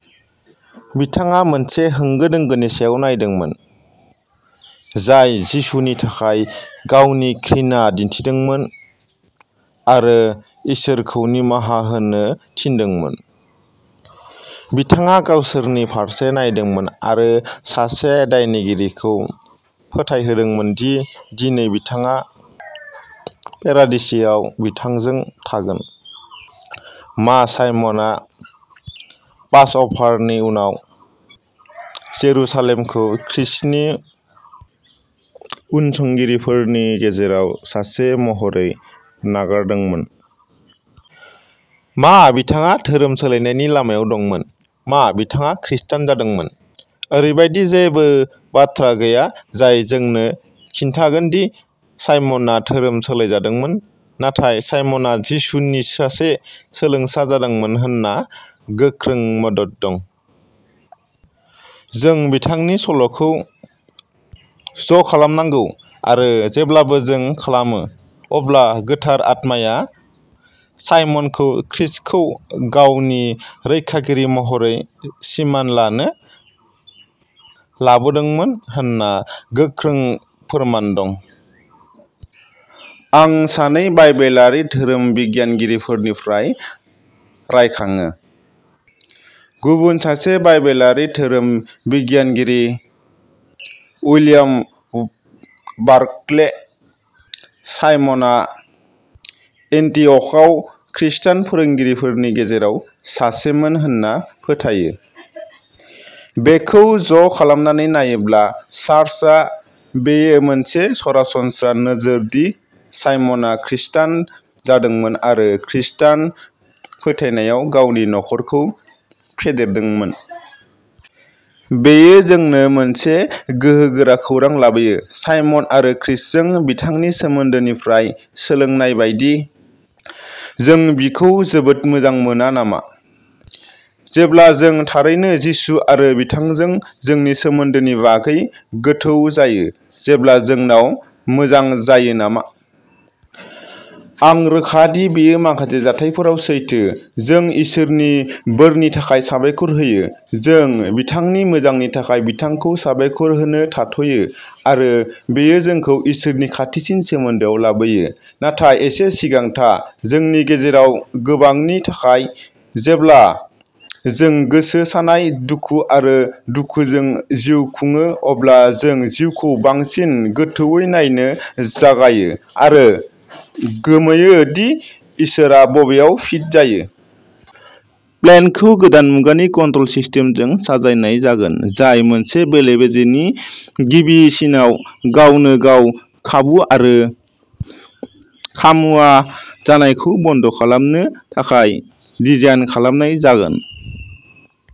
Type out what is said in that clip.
बिथाङा मोनसे होंगो दोंगोनि सायाव नायदोंमोन, जाय जिसुनि थाखाय गावनि घृणा दिन्थिदोंमोन आरो इसोरखौ निमाहा होनो थिनदोंमोन। बिथाङा गावसोरनि फारसे नायदोंमोन आरो सासे दायगिरिखौ फोथायहोदोंमोन दि दिनै बिथाङा पेरादिसेआव बिथांजों थागोन। मा साइमनआ पासअभारनि उनाव जेरुसालेमखौ खृष्टनि उनसंगिरिफोरनि गेजेराव सासे महरै नागारदोंमोन? मा बिथाङा धोरोम सोलायनायनि लामायाव दंमोन? मा बिथाङा खृष्टान जादोंमोन? ओरैबायदि जेबो बाथ्रा गैया जाय जोंनो खिन्थागोन दि साइमनआ धोरोम सोलायजादोंमोन, नाथाय साइमनआ जिसुनि सासे सोलोंसा जादोंमोन होनना गोख्रों मदद दं। जों बिथांनि सल'खौ ज'खालामनांगौ, आरो जेब्ला जों खालामो, अब्ला गोथार आत्माया साइमनखौ खृष्टखौ गावनि रैखागिरि महरै सिमान लानो लाबोदोंमोन होनना गोख्रों फोरमान दं। " आं सानै मुंदांखा बाइबेलारि धोरोम बिगियानगिरिफोरनिफ्राय रायखाङो। गुबुन सासे बाइबेलारि धोरोम बिगियानगिरि, उइलियाम बार्कले, साइमनआ एन्टीअ'खआव खृष्टान फोरोंगिरिफोरनि गेजेराव सासेमोन होनना फोथायो। बेखौ ज'खालामनानै नायोब्ला, चार्चआव बेयो मोनसे सरासनस्रा नोजोर दि साइमनआ खृष्टान जादोंमोन आरो खृष्टान फोथायनायाव गावनि नखरखौ फेदेरदोंमोन। बेयो जोंनो मोनसे गोहोगोरा खौरां लाबोयो। साइमन आरो खृष्टजों बिथांनि सोमोन्दोनिफ्राय सोलोंनाय बायदि, जों बिखौ जोबोद मोजां मोना नामा? जेब्ला जों थारैनो जिसु आरो बिथांजों जोंनि सोमोन्दोनि बागै गोथौ जायो। जेब्ला जोंनाव मोजां जायो नामा? आं रोखा दि बेयो माखासे जाथायफोराव सैथो। जों इसोरनि बोरनि थाखाय साबायखर होयो। जों बिथांनि मोजांनि थाखाय बिथांखौ साबायखर होनो थाथ'यो, आरो बेयो जोंखौ इसोरजों खाथिसिन सोमोन्दोआव लाबोयो। नाथाय एसे सिगां थां। जोंनि गेजेराव गोबांनि थाखाय, जेब्ला जों गोसो सानाय, दुखु आरो दुखुजों जिउ खुङो अब्ला जों जिउखौ बांसिन गोथौवै नायनो जागायो आरो गोमोयो दि इसोरआ बबेयाव फिट जायो? प्लान्टखौ गोदान मुगानि कन्ट्रल सिस्टेमजों साजायनाय जागोन, जाय मोनसे बेले-बेजेनि गिबि सिनआव गावनो-गाव खाबु आरो खाममुवा जगायनायखौ बन्द खालामनो थाखाय डिजाइन खालामनाय जागोन।